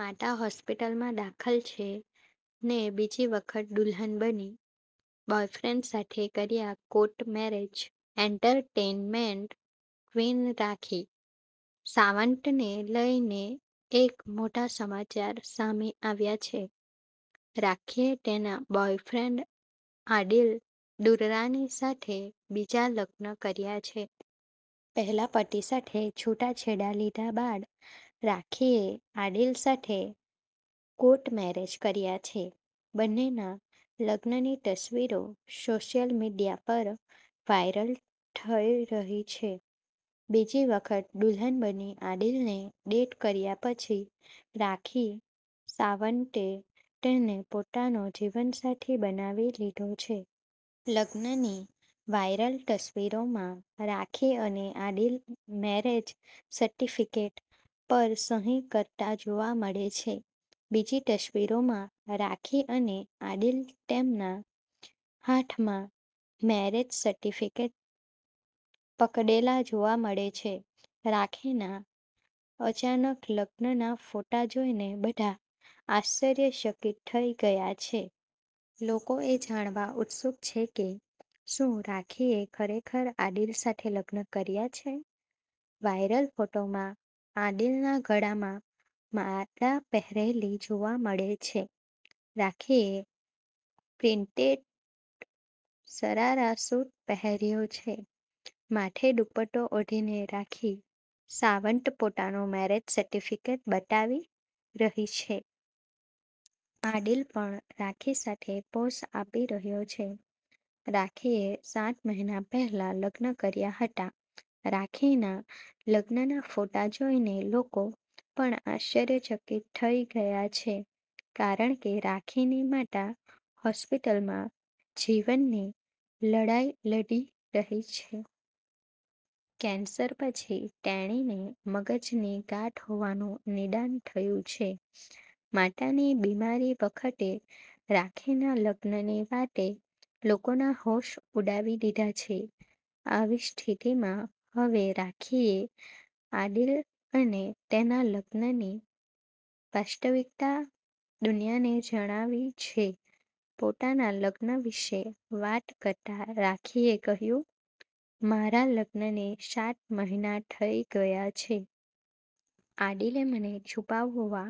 માતા હોસ્પિટલમાં દાખલ છે ને બીજી વખત દુલ્હન બની, બોયફ્રેન્ડ સાથે કર્યા court marriage .entertainment queen Rakhi Sawant ને લઈને એક મોટા સમાચાર સામે આવ્યા છે. રાખીએ તેના બોયફ્રેન્ડ આદિલ દુર્રા ની સાથે બીજા લગ્ન કર્યા છે. પહેલા પતિ સાથે છૂટાછેડા લીધા બાદ રાખીએ આદિલ સાથે કોર્ટ મેરેજ કર્યા છે. બંનેના લગ્નની તસવીરો સોશિયલ મીડિયા પર વાયરલ થઈ રહી છે. બીજી વખત દુલ્હન બની આદિલને ડેટ કર્યા પછી રાખી સાવંતે તેને પોતાનો જીવનસાથી બનાવી લીધો છે. લગ્નની વાયરલ તસવીરોમાં રાખી અને આદિલ મેરેજ સર્ટિફિકેટ પર સહી કરતા જોવા મળે છે. બીજી તસવીરમાં રાખી અને આદિલ તેમના હાથમાં મેરેજ સર્ટિફિકેટ પકડેલા જોવા મળે છે. રાખીના અચાનક લગ્નના ફોટા જોઈને બધા આશ્ચર્યચકિત થઈ ગયા છે. લોકો એ જાણવા ઉત્સુક છે કે શું રાખીએ ખરેખર આદિલ સાથે લગ્ન કર્યા છે? વાયરલ ફોટોમાં આદિલના ગળામાં માળા પહેરેલી જોવા મળે છે. રાખીએ પ્રિન્ટેડ શરારા સૂટ પહેર્યો છે. માથે દુપટ્ટો ઓઢીને રાખી સાવંત પોતાનું મેરેજ સર્ટિફિકેટ બતાવી રહી છે. આદિલ પણ રાખી સાથે પોઝ આપી રહ્યો છે. રાખીએ સાત મહિના પહેલા લગ્ન કર્યા હતા રાખીના લગ્નના ફોટા જોઈને લોકો પણ આશ્ચર્યચકિત થઈ ગયા છે કારણ કે રાખીની માતા હોસ્પિટલમાં જીવનની લડાઈ લડી રહી છે. કેન્સર પછી તેણીને મગજની ગાંઠ હોવાનું નિદાન થયું છે. માતાની બિમારી વચ્ચે રાખીના લગ્નની વાતે લોકોના હોશ ઉડાવી દીધા છે. આવી સ્થિતિમાં હવે રાખીએ આદિલ અને તેના લગ્નની વાસ્તવિકતા દુનિયાને જણાવી છે. પોતાના લગ્ન વિશે વાત કરતા રાખીએ કહ્યું,'મારા લગ્નને સાત મહિના થઈ ગયા છે. આદિલે મને છુપાવવા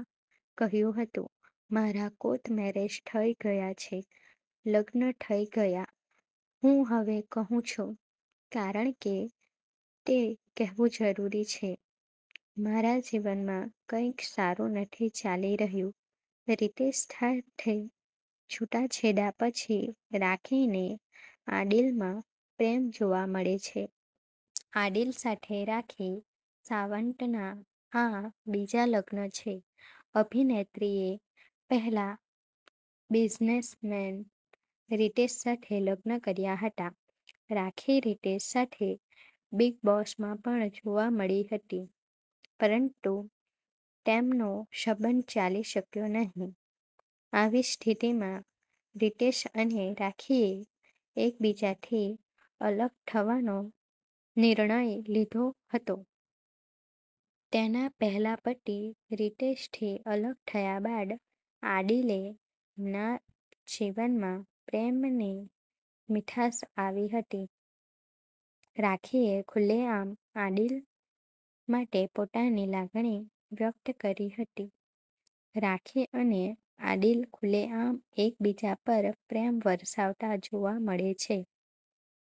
કહ્યું હતું. મારા કોર્ટ મેરેજ થઈ ગયા છે. લગ્ન થઈ ગયા. હું હવે કહું છું, કારણ કે તે કહેવું જરૂરી છે. મારા જીવનમાં કંઈક સારું નથી ચાલી રહ્યું.' રિતેશ સાથે છૂટાછેડા પછી રાખીને આદિલમાં પ્રેમ જોવા મળે છે. આદિલ સાથે રાખી સાવંતના આ બીજા લગ્ન છે. અભિનેત્રીએ પહેલા બિઝનેસમેન રિતેશ સાથે લગ્ન કર્યા હતા. રાખી રિતેશ સાથે બિગ બોસમાં પણ જોવા મળી હતી, પરંતુ તેમનો સંબંધ ચાલી શક્યો નહીં. આવી સ્થિતિમાં રિતેશ અને રાખીએ એકબીજાથી અલગ થવાનો નિર્ણય લીધો હતો. તેના પહેલા પતિ રિતેશથી અલગ થયા બાદ આદિલે ના જીવનમાં પ્રેમની મીઠાશ આવી હતી. રાખીએ ખુલ્લેઆમ આદિલ માટે પોતાની લાગણી વ્યક્ત કરી હતી. રાખી અને આદિલ ખુલ્લેઆમ એકબીજા પર પ્રેમ વરસાવતા જોવા મળે છે.